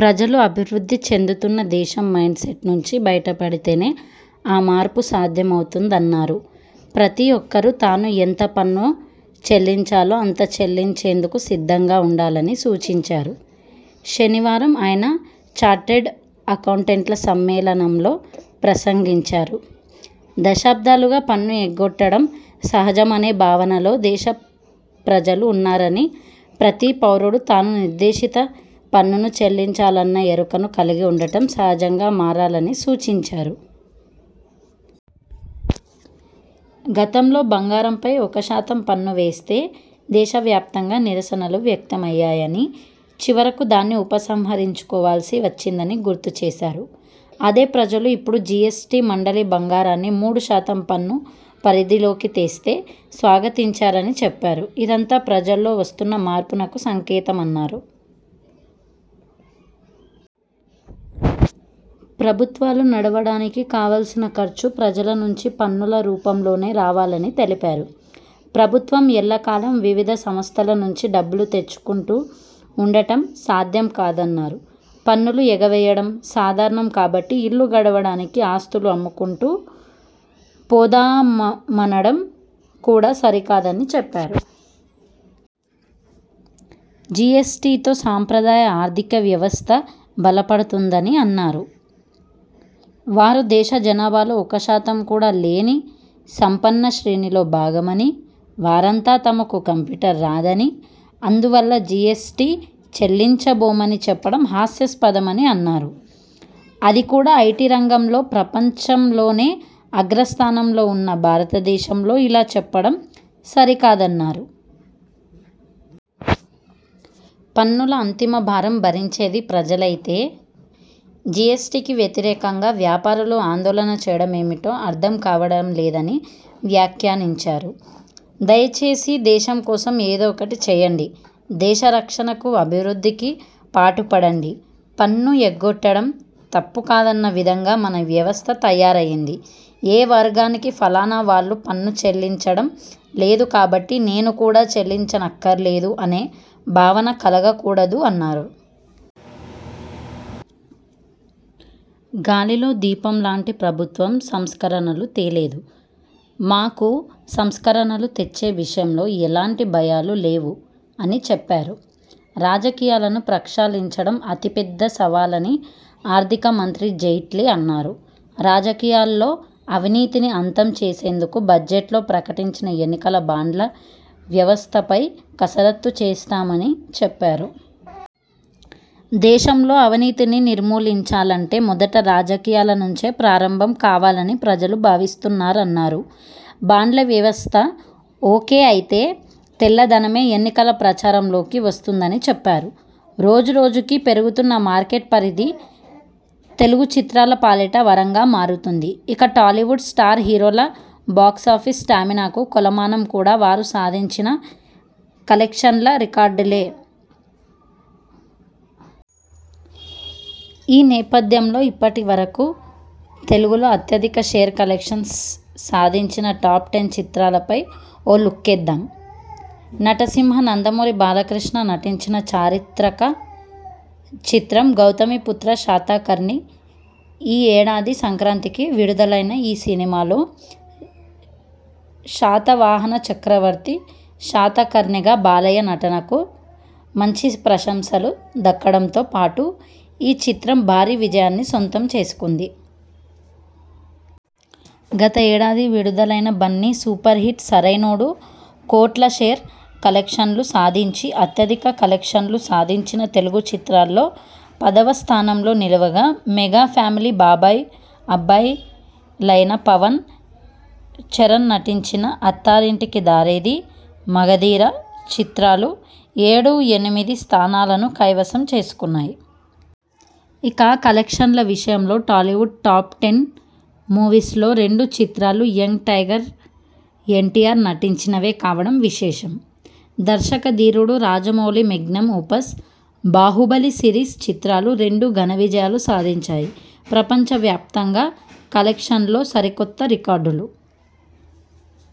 ప్రజలు అభివృద్ధి చెందుతున్న దేశం మైండ్సెట్ నుంచి బయటపడితేనే ఆ మార్పు సాధ్యమవుతుందన్నారు. ప్రతీ ఒక్కరూ తాను ఎంత పన్ను చెల్లించాలో అంత చెల్లించేందుకు సిద్ధంగా ఉండాలని సూచించారు. శనివారం ఆయన చార్టర్డ్ అకౌంటెంట్ల సమ్మేళనంలో ప్రసంగించారు. దశాబ్దాలుగా పన్ను ఎగ్గొట్టడం సహజమనే భావనలో దేశ ప్రజలు ఉన్నారని, ప్రతీ పౌరుడూ తాను నిర్దేశిత పన్నును చెల్లించాలన్న ఎరుకను కలిగి ఉండటం సహజంగా మారాలని సూచించారు. గతంలో బంగారం పై ఒకశాతం పన్ను వేస్తే దేశవ్యాప్తంగా నిరసనలు వ్యక్తమయ్యాయని, చివరకు దాన్ని ఉపసంహరించుకోవాల్సి వచ్చిందని గుర్తు చేశారు. అదే ప్రజలు ఇప్పుడు జీఎస్టీ మండలి బంగారాన్ని మూడు శాతం పన్ను పరిధిలోకి తెస్తే స్వాగతించారని చెప్పారు. ఇదంతా ప్రజల్లో వస్తున్న మార్పునకు సంకేతమన్నారు. ప్రభుత్వాలు నడవడానికి కావల్సిన ఖర్చు ప్రజల నుంచి పన్నుల రూపంలోనే రావాలని తెలిపారు. ప్రభుత్వం ఎల్ల కాలం వివిధ సంస్థల నుంచి డబ్బులు తెచ్చుకుంటూ ఉండటం సాధ్యం కాదన్నారు. పన్నులు ఎగవేయడం సాధారణం కాబట్టి ఇల్లు గడవడానికి ఆస్తులు అమ్ముకుంటూ పోదా మనడం కూడా సరికాదని చెప్పారు. జీఎస్టీతో సంప్రదాయ ఆర్థిక వ్యవస్థ బలపడుతుందని అన్నారు. వారు దేశ జనాభాలో ఒక శాతం కూడా లేని సంపన్న శ్రేణిలో భాగమని, వారంతా తమకు కంప్యూటర్ రాదని, అందువల్ల జీఎస్టీ చెల్లించబోమని చెప్పడం హాస్యాస్పదమని అన్నారు. అది కూడా ఐటీ రంగంలో ప్రపంచంలోనే అగ్రస్థానంలో ఉన్న భారతదేశంలో ఇలా చెప్పడం సరికాదన్నారు. పన్నుల అంతిమభారం భరించేది ప్రజలైతే జీఎస్టీకి వ్యతిరేకంగా వ్యాపారులు ఆందోళన చేయడమేమిటో అర్థం కావడం లేదని వ్యాఖ్యానించారు. దయచేసి దేశం కోసం ఏదో ఒకటి చేయండి. దేశరక్షణకు, అభివృద్ధికి పాటుపడండి. పన్ను ఎగ్గొట్టడం తప్పు కాదన్న విధంగా మన వ్యవస్థ తయారైంది. ఏ వర్గానికీ ఫలానా వాళ్లు పన్ను చెల్లించడం లేదు కాబట్టి నేను కూడా చెల్లించనక్కరలేదు అనే భావన కలగకూడదు అన్నారు. గాలిలో దీపం లాంటి ప్రభుత్వం సంస్కరణలు తేలేదు. మాకు సంస్కరణలు తెచ్చే విషయంలో ఎలాంటి భయాలూ లేవు అని చెప్పారు. రాజకీయాలను ప్రక్షాళించడం అతి పెద్ద సవాలని ఆర్థిక మంత్రి జైట్లీ అన్నారు. రాజకీయాల్లో అవినీతిని అంతం చేసేందుకు బడ్జెట్లో ప్రకటించిన ఎన్నికల బాండ్ల వ్యవస్థపై కసరత్తు చేస్తున్నామని చెప్పారు. దేశంలో అవినీతిని నిర్మూలించాలంటే మొదట రాజకీయాల నుంచే ప్రారంభం కావాలని ప్రజలు భావిస్తున్నారన్నారు. బాండ్ల వ్యవస్థ ఓకే అయితే తెల్లధనమే ఎన్నికల ప్రచారంలోకి వస్తుందని చెప్పారు. రోజు రోజుకు పెరుగుతోన్న మార్కెట్ పరిధి తెలుగు చిత్రాల పాలిట వరంగా మారుతోంది. ఇక టాలీవుడ్ స్టార్ హీరోల బాక్సాఫీస్ స్టామినాకు కొలమానం కూడా వారు సాధించిన కలెక్షన్ల రికార్డులే. ఈ నేపథ్యంలో ఇప్పటి వరకూ తెలుగులో అత్యధిక షేర్ కలెక్షన్స్ సాధించిన టాప్ టెన్ చిత్రాలపై ఓ లుక్కేద్దాం. నటసింహ నందమూరి బాలకృష్ణ నటించిన చారిత్రక చిత్రం 'గౌతమీపుత్ర శాతకర్ణి'. ఈ ఏడాది సంక్రాంతికి విడుదలైన ఈ సినిమాలో శాతవాహన చక్రవర్తి శాతకర్ణిగా బాలయ్య నటనకు మంచి ప్రశంసలు దక్కడంతో పాటు ఈ చిత్రం భారీ విజయాన్ని సొంతం చేసుకుంది. గత ఏడాది విడుదలైన బన్నీ సూపర్ హిట్ 'సరైనోడు' కోట్ల షేర్ కలెక్షన్లను సాధించి అత్యధిక కలెక్షన్లు సాధించిన తెలుగు చిత్రాల్లో పదవ స్థానంలో నిలవగా మెగా ఫ్యామిలీ బాబాయ్ అబ్బాయి లైన పవన్ ,చరణ్ నటించిన 'అత్తారింటికి దారేది', 'మగధీర' చిత్రాలు ఏడు, ఎనిమిది స్థానాలను కైవసం చేసుకున్నాయి. ఇక కలెక్షన్ల విషయంలో టాలీవుడ్ టాప్ టెన్ మూవీస్ లో రెండు చిత్రాలు యంగ్ టైగర్ ఎన్టీఆర్ నటించినవే కావడం విశేషం. దర్శకధీరుడు Rajamouli magnum opus 'Baahubali' series చిత్రాలు రెండూ ఘన విజయాలు సాధించాయి. ప్రపంచవ్యాప్తంగా కలెక్షన్లలో సరికొత్త రికార్డులు